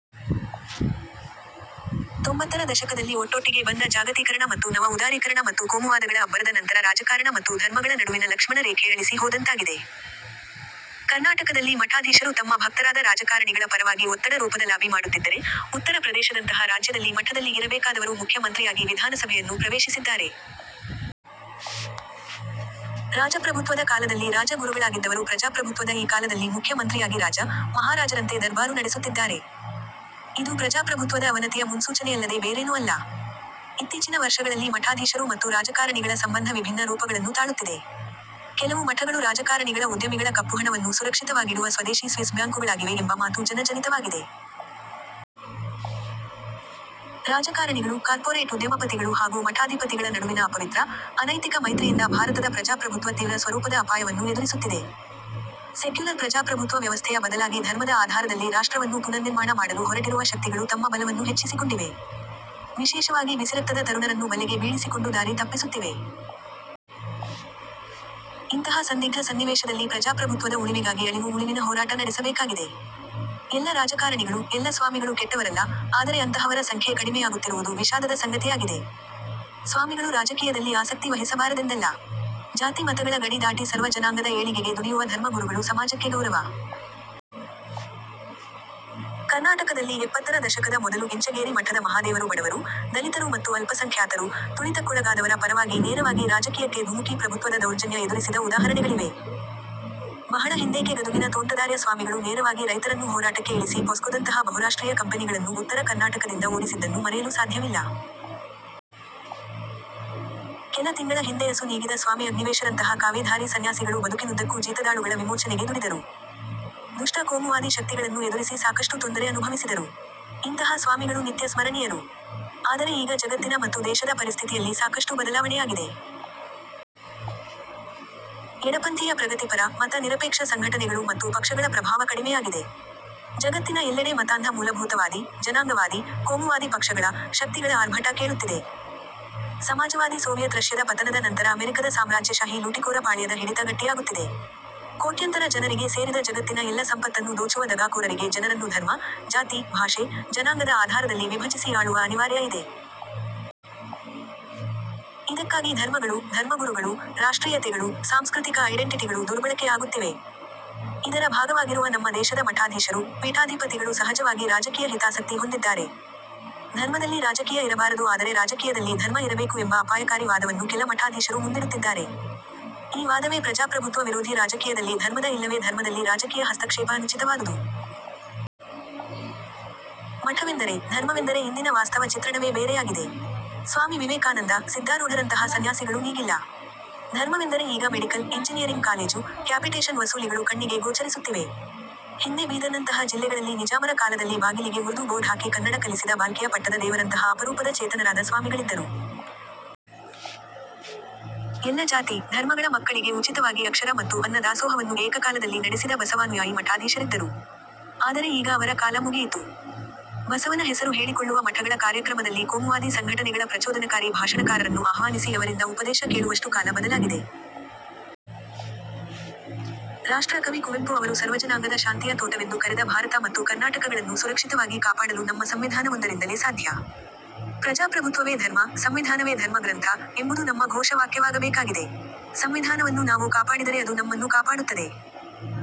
ತೊಂಬತ್ತರ ದಶಕದಲ್ಲಿ ಒಟ್ಟೊಟ್ಟಿಗೆ ಬಂದ ಜಾಗತೀಕರಣ ಮತ್ತು ನವ ಉದಾರೀಕರಣ ಮತ್ತು ಕೋಮುವಾದಗಳ ಅಬ್ಬರದ ನಂತರ ರಾಜಕಾರಣ ಮತ್ತು ಧರ್ಮಗಳ ನಡುವಿನ ಲಕ್ಷ್ಮಣ ರೇಖೆ ಅಳಿಸಿ ಹೋದಂತಾಗಿದೆ. ಕರ್ನಾಟಕದಲ್ಲಿ ಮಠಾಧೀಶರು ತಮ್ಮ ಭಕ್ತರಾದ ರಾಜಕಾರಣಿಗಳ ಪರವಾಗಿ ಒತ್ತಡ ರೂಪದ ಲಾಬಿ ಮಾಡುತ್ತಿದ್ದರೆ, ಉತ್ತರ ಪ್ರದೇಶದಂತಹ ರಾಜ್ಯದಲ್ಲಿ ಮಠದಲ್ಲಿ ಇರಬೇಕಾದವರು ಮುಖ್ಯ ಮಂತ್ರಿಯಾಗಿ ವಿಧಾನಸಭೆಯನ್ನು ಪ್ರವೇಶಿಸಿದ್ದಾರೆ. ರಾಜಪ್ರಭುತ್ವದ ಕಾಲದಲ್ಲಿ ರಾಜ ಗುರುಗಳಾಗಿದ್ದವರು ಪ್ರಜಾಪ್ರಭುತ್ವದ ಈ ಕಾಲದಲ್ಲಿ ಮುಖ್ಯ ಮಂತ್ರಿಯಾಗಿ ರಾಜ, ಮಹಾರಾಜರಂತೆ ದರ್ಬಾರು ನಡೆಸುತ್ತಿದ್ದಾರೆ. ಇದು ಪ್ರಜಾಪ್ರಭುತ್ವದ ಅವನತಿಯ ಮುನ್ಸೂಚನೆಯಲ್ಲದೆ ಬೇರೇನೂ ಅಲ್ಲ. ಇತ್ತೀಚಿನ ವರ್ಷಗಳಲ್ಲಿ ಮಠಾಧೀಶರು ಮತ್ತು ರಾಜಕಾರಣಿಗಳ ಸಂಬಂಧ ವಿಭಿನ್ನ ರೂಪಗಳನ್ನು ತಾಳುತ್ತಿದೆ. ಕೆಲವು ಮಠಗಳು ರಾಜಕಾರಣಿಗಳ ಉದ್ಯಮಿಗಳ ಕಪ್ಪುಹಣವನ್ನು ಸುರಕ್ಷಿತವಾಗಿಡುವ ಸ್ವದೇಶಿ ಸ್ವಿಸ್ ಬ್ಯಾಂಕುಗಳಾಗಿವೆ ಎಂಬ ಮಾತು ಜನ ಜನಿತವಾಗಿದೆ. ರಾಜಕಾರಣಿಗಳು, ಕಾರ್ಪೊರೇಟ್ ಉದ್ಯಮಪತಿಗಳು ಹಾಗೂ ಮಠಾಧಿಪತಿಗಳ ನಡುವಿನ ಅಪವಿತ್ರ, ಅನೈತಿಕ ಮೈತ್ರಿಯಿಂದ ಭಾರತದ ಪ್ರಜಾಪ್ರಭುತ್ವ ತೀವ್ರ ಸ್ವರೂಪದ ಅಪಾಯವನ್ನು ಎದುರಿಸುತ್ತಿದೆ. ಸೆಕ್ಯುಲರ್ ಪ್ರಜಾಪ್ರಭುತ್ವ ವ್ಯವಸ್ಥೆಯ ಬದಲಾಗಿ ಧರ್ಮದ ಆಧಾರದಲ್ಲಿ ರಾಷ್ಟ್ರವನ್ನು ಪುನರ್ನಿರ್ಮಾಣ ಮಾಡಲು ಹೊರಟಿರುವ ಶಕ್ತಿಗಳು ತಮ್ಮ ಬಲವನ್ನು ಹೆಚ್ಚಿಸಿಕೊಂಡಿವೆ. ವಿಶೇಷವಾಗಿ ಬಿಸಿರಕ್ತದ ತರುಣರನ್ನು ಬಲೆಗೆ ಬೀಳಿಸಿಕೊಂಡು ದಾರಿ ತಪ್ಪಿಸುತ್ತಿವೆ. ಇಂತಹ ಸಂದಿಗ್ಧ ಸನ್ನಿವೇಶದಲ್ಲಿ ಪ್ರಜಾಪ್ರಭುತ್ವದ ಉಳಿವಿಗಾಗಿ ಅಳಿವು ಉಳಿವಿನ ಹೋರಾಟ ನಡೆಸಬೇಕಾಗಿದೆ. ಎಲ್ಲ ರಾಜಕಾರಣಿಗಳು, ಎಲ್ಲ ಸ್ವಾಮಿಗಳು ಕೆಟ್ಟವರಲ್ಲ, ಆದರೆ ಅಂತಹವರ ಸಂಖ್ಯೆ ಕಡಿಮೆಯಾಗುತ್ತಿರುವುದು ವಿಷಾದದ ಸಂಗತಿಯಾಗಿದೆ. ಸ್ವಾಮಿಗಳು ರಾಜಕೀಯದಲ್ಲಿ ಆಸಕ್ತಿ ವಹಿಸಬಾರದೆಂದಲ್ಲ. ಜಾತಿ ಮತಗಳ ಗಡಿ ದಾಟಿ ಸರ್ವ ಜನಾಂಗದ ಏಳಿಗೆಗೆ ದುಡಿಯುವ ಧರ್ಮ ಗುರುಗಳು ಸಮಾಜಕ್ಕೆ ಗೌರವ. ಕರ್ನಾಟಕದಲ್ಲಿ ಎಪ್ಪತ್ತರ ದಶಕದ ಮೊದಲು ಇಂಚಗೇರಿ ಮಠದ ಮಹಾದೇವರು ಬಡವರು, ದಲಿತರು ಮತ್ತು ಅಲ್ಪಸಂಖ್ಯಾತರು, ತುಳಿತಕ್ಕೊಳಗಾದವರ ಪರವಾಗಿ ನೇರವಾಗಿ ರಾಜಕೀಯಕ್ಕೆ ಧುಮುಕಿ ಪ್ರಭುತ್ವದ ದೌರ್ಜನ್ಯ ಎದುರಿಸಿದ ಉದಾಹರಣೆಗಳಿವೆ. ಬಹಳ ಹಿಂದೇಕೆ ಗದುಗಿನ ತೋಂಟದಾರ್ಯ ಸ್ವಾಮಿಗಳು ನೇರವಾಗಿ ರೈತರನ್ನು ಹೋರಾಟಕ್ಕೆ ಇಳಿಸಿ ಪೊಸ್ಕೊದಂತಹ ಬಹುರಾಷ್ಟ್ರೀಯ ಕಂಪೆನಿಗಳನ್ನು ಉತ್ತರ ಕರ್ನಾಟಕದಿಂದ ಓಡಿಸಿದ್ದನ್ನು ಮರೆಯಲು ಸಾಧ್ಯವಿಲ್ಲ. ಕೆಲ ತಿಂಗಳ ಹಿಂದೆ ಅಸು ನೀಗಿದ ಸ್ವಾಮಿ ಅಗ್ನಿವೇಶರಂತಹ ಕಾವಿ ಧಾರಿ ಸನ್ಯಾಸಿಗಳು ಬದುಕಿನುದ್ದಕ್ಕೂ ಜೀತದಾಳುಗಳ ವಿಮೋಚನೆಗೆ ದುಡಿದರು. ದುಷ್ಟ ಕೋಮುವಾದಿ ಶಕ್ತಿಗಳನ್ನು ಎದುರಿಸಿ ಸಾಕಷ್ಟು ತೊಂದರೆ ಅನುಭವಿಸಿದರು. ಇಂತಹ ಸ್ವಾಮಿಗಳು ನಿತ್ಯ ಸ್ಮರಣೀಯರು. ಆದರೆ ಈಗ ಜಗತ್ತಿನ ಮತ್ತು ದೇಶದ ಪರಿಸ್ಥಿತಿಯಲ್ಲಿ ಸಾಕಷ್ಟು ಬದಲಾವಣೆಯಾಗಿದೆ. ಎಡಪಂಥೀಯ ಪ್ರಗತಿಪರ, ಮತ ನಿರಪೇಕ್ಷ ಸಂಘಟನೆಗಳು ಮತ್ತು ಪಕ್ಷಗಳ ಪ್ರಭಾವ ಕಡಿಮೆಯಾಗಿದೆ. ಜಗತ್ತಿನ ಎಲ್ಲೆಡೆ ಮತಾಂಧ ಮೂಲಭೂತವಾದಿ, ಜನಾಂಗವಾದಿ, ಕೋಮುವಾದಿ ಪಕ್ಷಗಳ, ಶಕ್ತಿಗಳ ಆರ್ಭಟ ಕೇಳುತ್ತಿದೆ. ಸಮಾಜವಾದಿ ಸೋವಿಯತ್ ರಶ್ಯದ ಪತನದ ನಂತರ ಅಮೆರಿಕದ ಸಾಮ್ರಾಜ್ಯಶಾಹಿ ಲೂಟಿಕೋರ ಪಾಳೆಯದ ಹಿಡಿತ ಗಟ್ಟಿಯಾಗುತ್ತಿದೆ. ಕೋಟ್ಯಂತರ ಜನರಿಗೆ ಸೇರಿದ ಜಗತ್ತಿನ ಎಲ್ಲ ಸಂಪತ್ತನ್ನು ದೋಚುವ ದಗಾಕೋರರಿಗೆ ಜನರನ್ನು ಧರ್ಮ, ಜಾತಿ, ಭಾಷೆ, ಜನಾಂಗದ ಆಧಾರದಲ್ಲಿ ವಿಭಜಿಸಿ ಆಳುವ ಅನಿವಾರ್ಯ ಇದೆ. ಇದಕ್ಕಾಗಿ ಧರ್ಮಗಳು, ಧರ್ಮಗುರುಗಳು, ರಾಷ್ಟ್ರೀಯತೆಗಳು, ಸಾಂಸ್ಕೃತಿಕ ಐಡೆಂಟಿಟಿಗಳು ದುರ್ಬಳಕೆ ಆಗುತ್ತಿವೆ. ಇದರ ಭಾಗವಾಗಿರುವ ನಮ್ಮ ದೇಶದ ಮಠಾಧೀಶರು, ಪೀಠಾಧಿಪತಿಗಳು ಸಹಜವಾಗಿ ರಾಜಕೀಯ ಹಿತಾಸಕ್ತಿ ಹೊಂದಿದ್ದಾರೆ. ಧರ್ಮದಲ್ಲಿ ರಾಜಕೀಯ ಇರಬಾರದು ಆದರೆ ರಾಜಕೀಯದಲ್ಲಿ ಧರ್ಮ ಇರಬೇಕು ಎಂಬ ಅಪಾಯಕಾರಿ ವಾದವನ್ನು ಕೆಲ ಮಠಾಧೀಶರು ಮುಂದಿಡುತ್ತಿದ್ದಾರೆ. ಈ ವಾದವೇ ಪ್ರಜಾಪ್ರಭುತ್ವ ವಿರೋಧಿ ರಾಜಕೀಯದಲ್ಲಿ ಧರ್ಮದ ಇಲ್ಲವೇ ಧರ್ಮದಲ್ಲಿ ರಾಜಕೀಯ ಹಸ್ತಕ್ಷೇಪ ಅನುಚಿತವಾದುದು. ಮಠವೆಂದರೆ, ಧರ್ಮವೆಂದರೆ ಇಂದಿನ ವಾಸ್ತವ ಚಿತ್ರಣವೇ ಬೇರೆಯಾಗಿದೆ. ಸ್ವಾಮಿ ವಿವೇಕಾನಂದ, ಸಿದ್ದಾರೂಢರಂತಹ ಸನ್ಯಾಸಿಗಳು ಈಗಿಲ್ಲ. ಧರ್ಮವೆಂದರೆ ಈಗ ಮೆಡಿಕಲ್, ಇಂಜಿನಿಯರಿಂಗ್ ಕಾಲೇಜು, ಕ್ಯಾಪಿಟೇಶನ್ ವಸೂಲಿಗಳು ಕಣ್ಣಿಗೆ ಗೋಚರಿಸುತ್ತಿವೆ. ಹಿಂದೆ ಬೀದರ್ನಂತಹ ಜಿಲ್ಲೆಗಳಲ್ಲಿ ನಿಜಾಮರ ಕಾಲದಲ್ಲಿ ಬಾಗಿಲಿಗೆ ಉರ್ದು ಬೋರ್ಡ್ ಹಾಕಿ ಕನ್ನಡ ಕಲಿಸಿದ ಬಾಲ್ಕಿಯ ಪಟ್ಟದ ದೇವರಂತಹ ಅಪರೂಪದ ಚೇತನರಾದ ಸ್ವಾಮಿಗಳಿದ್ದರು. ಎಲ್ಲ ಜಾತಿ, ಧರ್ಮಗಳ ಮಕ್ಕಳಿಗೆ ಉಚಿತವಾಗಿ ಅಕ್ಷರ ಮತ್ತು ಅನ್ನ ದಾಸೋಹವನ್ನು ಏಕಕಾಲದಲ್ಲಿ ನಡೆಸಿದ ಬಸವಾನುಯಾಯಿ ಮಠಾಧೀಶರಿದ್ದರು. ಆದರೆ ಈಗ ಅವರ ಕಾಲ ಮುಗಿಯಿತು. ಬಸವನ ಹೆಸರು ಹೇಳಿಕೊಳ್ಳುವ ಮಠಗಳ ಕಾರ್ಯಕ್ರಮದಲ್ಲಿ ಕೋಮುವಾದಿ ಸಂಘಟನೆಗಳ ಪ್ರಚೋದನಕಾರಿ ಭಾಷಣಕಾರರನ್ನು ಆಹ್ವಾನಿಸಿ ಅವರಿಂದ ಉಪದೇಶ ಕೇಳುವಷ್ಟು ಕಾಲ ಬದಲಾಗಿದೆ. ರಾಷ್ಟ್ರ ಕವಿ ಕುವೆಂಪು ಅವರು ಸರ್ವಜನಾಂಗದ ಶಾಂತಿಯ ತೋಟವೆಂದು ಕರೆದ ಭಾರತ ಮತ್ತು ಕರ್ನಾಟಕಗಳನ್ನು ಸುರಕ್ಷಿತವಾಗಿ ಕಾಪಾಡಲು ನಮ್ಮ ಸಂವಿಧಾನವೊಂದರಿಂದಲೇ ಸಾಧ್ಯ. 'ಪ್ರಜಾಪ್ರಭುತ್ವವೇ ಧರ್ಮ, ಸಂವಿಧಾನವೇ ಧರ್ಮಗ್ರಂಥ' ಎಂಬುದು ನಮ್ಮ ಘೋಷ ವಾಕ್ಯವಾಗಬೇಕಾಗಿದೆ. ಸಂವಿಧಾನವನ್ನು ನಾವು ಕಾಪಾಡಿದರೆ ಅದು ನಮ್ಮನ್ನು ಕಾಪಾಡುತ್ತದೆ.